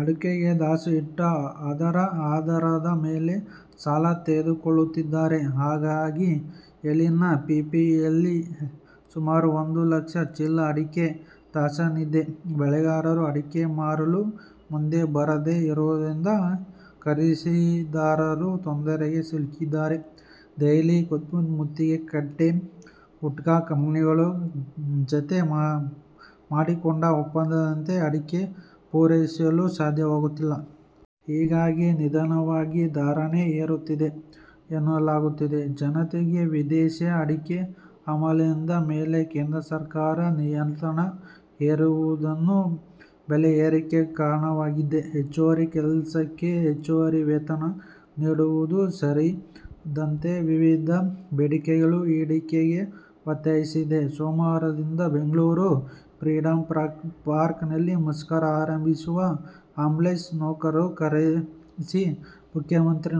ಅಡಕೆ ದಾಸ್ತಾನು ಇಟ್ಟು, ಅದರ ಆಧಾರದ ಮೇಲೆ ಸಾಲ ತೆಗೆದುಕೊಳ್ಳುತ್ತಿದ್ದಾರೆ. ಹಾಗಾಗಿ, ಇಲ್ಲಿನ ಎಪಿಎಂಸಿಯಲ್ಲಿ ಸುಮಾರು ಒಂದು ಲಕ್ಷ ಚೀಲ ಅಡಕೆ ದಾಸ್ತಾನಿದೆ. ಬೆಳೆಗಾರರು ಅಡಕೆ ಮಾರಲು ಮುಂದೆ ಬರದೆ ಇರುವುದರಿಂದ ಖರೀದಿದಾರರು ತೊಂದರೆಗೆ ಸಿಲುಕಿದ್ದಾರೆ. ದೆಹಲಿ, ಖಾನ್ಪುರ ಮತ್ತಿತರ ಕಡೆ ಗುಟ್ಕಾ ಕಂಪನಿಗಳ ಜತೆ ಮಾಡಿಕೊಂಡ ಒಪ್ಪಂದದಂತೆ ಅಡಕೆ ಪೂರೈಸಲು ಸಾಧ್ಯವಾಗುತ್ತಿಲ್ಲ. ಹೀಗಾಗಿ ನಿಧಾನವಾಗಿ ಧಾರಣೆ ಏರುತ್ತಿದೆ ಎನ್ನಲಾಗುತ್ತಿದೆ. ಜತೆಗೆ ವಿದೇಶಿ ಅಡಕೆ ಆಮದಿನ ಮೇಲೆ ಕೇಂದ್ರ ಸರ್ಕಾರ ನಿಯಂತ್ರಣ ಹೇರಿರುವುದೂ ಬೆಲೆ ಏರಿಕೆಗೆ ಕಾರಣವಾಗಿದೆ. ಹೆಚ್ಚುವರಿ ಕೆಲಸಕ್ಕೆ ಹೆಚ್ಚುವರಿ ವೇತನ ನೀಡುವುದು ಸೇರಿದಂತೆ ವಿವಿಧ ಬೇಡಿಕೆಗಳ ಈಡೇರಿಕೆಗೆ ಒತ್ತಾಯಿಸಿ ಸೋಮವಾರದಿಂದ ಬೆಂಗಳೂರಿನ ಫ್ರೀಡಂಪಾರ್ಕಿನಲ್ಲಿ ಮುಷ್ಕರ ಆರಂಭಿಸಿರುವ ಆ್ಯಂಬುಲೆನ್ಸ್ ನೌಕರರನ್ನು ಕರೆಸಿ ಮುಖ್ಯಮಂತ್ರಿ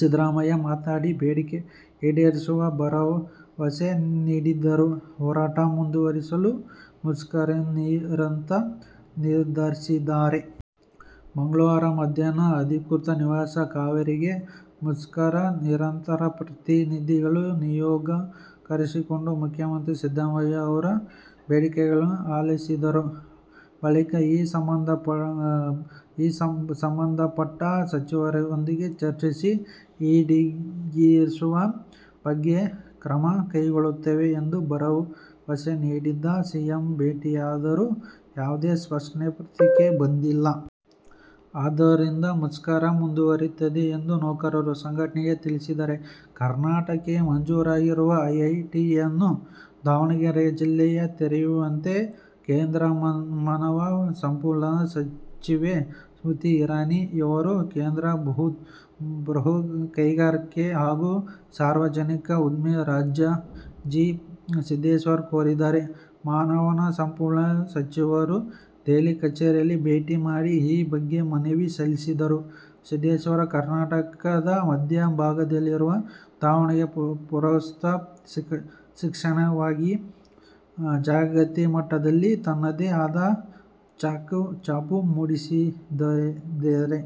ಸಿದ್ದರಾಮಯ್ಯ ಮಾತನಾಡಿ ಬೇಡಿಕೆ ಈಡೇರಿಸುವ ಭರವಸೆ ನೀಡಿದ್ದರೂ ಹೋರಾಟ ಮುಂದುವರಿಸಲು ಮುಷ್ಕರನಿರತರು ನಿರ್ಧರಿಸಿದ್ದಾರೆ. ಮಂಗಳವಾರ ಮಧ್ಯಾಹ್ನ ಅಧಿಕೃತ ನಿವಾಸ 'ಕಾವೇರಿ'ಗೆ ಮುಷ್ಕರ ನಿರತರ ಪ್ರತಿನಿಧಿಗಳ ನಿಯೋಗ ಕರೆಸಿಕೊಂಡ ಮುಖ್ಯಮಂತ್ರಿ ಸಿದ್ದರಾಮಯ್ಯ ಅವರ ಬೇಡಿಕೆಗಳನ್ನು ಆಲಿಸಿದರು. ಬಳಿಕ ಈ ಸಂಬಂಧ ಸಂಬಂಧಪಟ್ಟ ಸಚಿವರೊಂದಿಗೆ ಚರ್ಚಿಸಿ ಈಡೇರಿಸುವ ಬಗ್ಗೆ ಕ್ರಮ ಕೈಗೊಳ್ಳುತ್ತೇನೆ ಎಂದು ಭರವಸೆ ನೀಡಿದರು. ಸಿಎಂ ಭೇಟಿಯಾದರೂ ಯಾವುದೇ ಸ್ಪಷ್ಟ ಪ್ರತಿಕ್ರಿಯೆ ಬಂದಿಲ್ಲ. ಆದುದರಿಂದ ಮುಷ್ಕರ ಮುಂದುವರಿಯುತ್ತದೆ ಎಂದು ನೌಕರರ ಸಂಘ ತಿಳಿಸಿದೆ. ಕರ್ನಾಟಕಕ್ಕೆ ಮಂಜೂರಾಗಿರುವ ಐಐಟಿಯನ್ನು ದಾವಣಗೆರೆ ಜಿಲ್ಲೆಯಲ್ಲಿ ತೆರೆಯುವಂತೆ ಕೇಂದ್ರ ಮಾನವ ಸಂಪನ್ಮೂಲ ಸಚಿವೆ ಸ್ಮೃತಿ ಇರಾನಿ ಅವರಿಗೆ ಕೇಂದ್ರ ಬೃಹತ್ ಕೈಗಾರಿಕೆ ಹಾಗೂ ಸಾರ್ವಜನಿಕ ಉದ್ದಿಮೆ ರಾಜ್ಯ ಸಚಿವ ಜಿ. ಎಂ. ಸಿದ್ದೇಶ್ವರ್ ಕೋರಿದ್ದಾರೆ. ಮಾನವ ಸಂಪನ್ಮೂಲ ಸಚಿವರನ್ನು ದೆಹಲಿಯ ಕಚೇರಿಯಲ್ಲಿ ಭೇಟಿ ಮಾಡಿ ಈ ಬಗ್ಗೆ ಮನವಿ ಸಲ್ಲಿಸಿರುವ ಸಿದ್ದೇಶ್ವರ್, ಕರ್ನಾಟಕದ ಮಧ್ಯ ಭಾಗದಲ್ಲಿರುವ ದಾವಣಗೆರೆ ಪ್ರಸ್ತುತ ಶೈಕ್ಷಣಿಕವಾಗಿ ಜಾಗತಿಕಮಟ್ಟದಲ್ಲಿ ತನ್ನದೇ ಆದ ಛಾಪು ಮೂಡಿಸಿದೆ.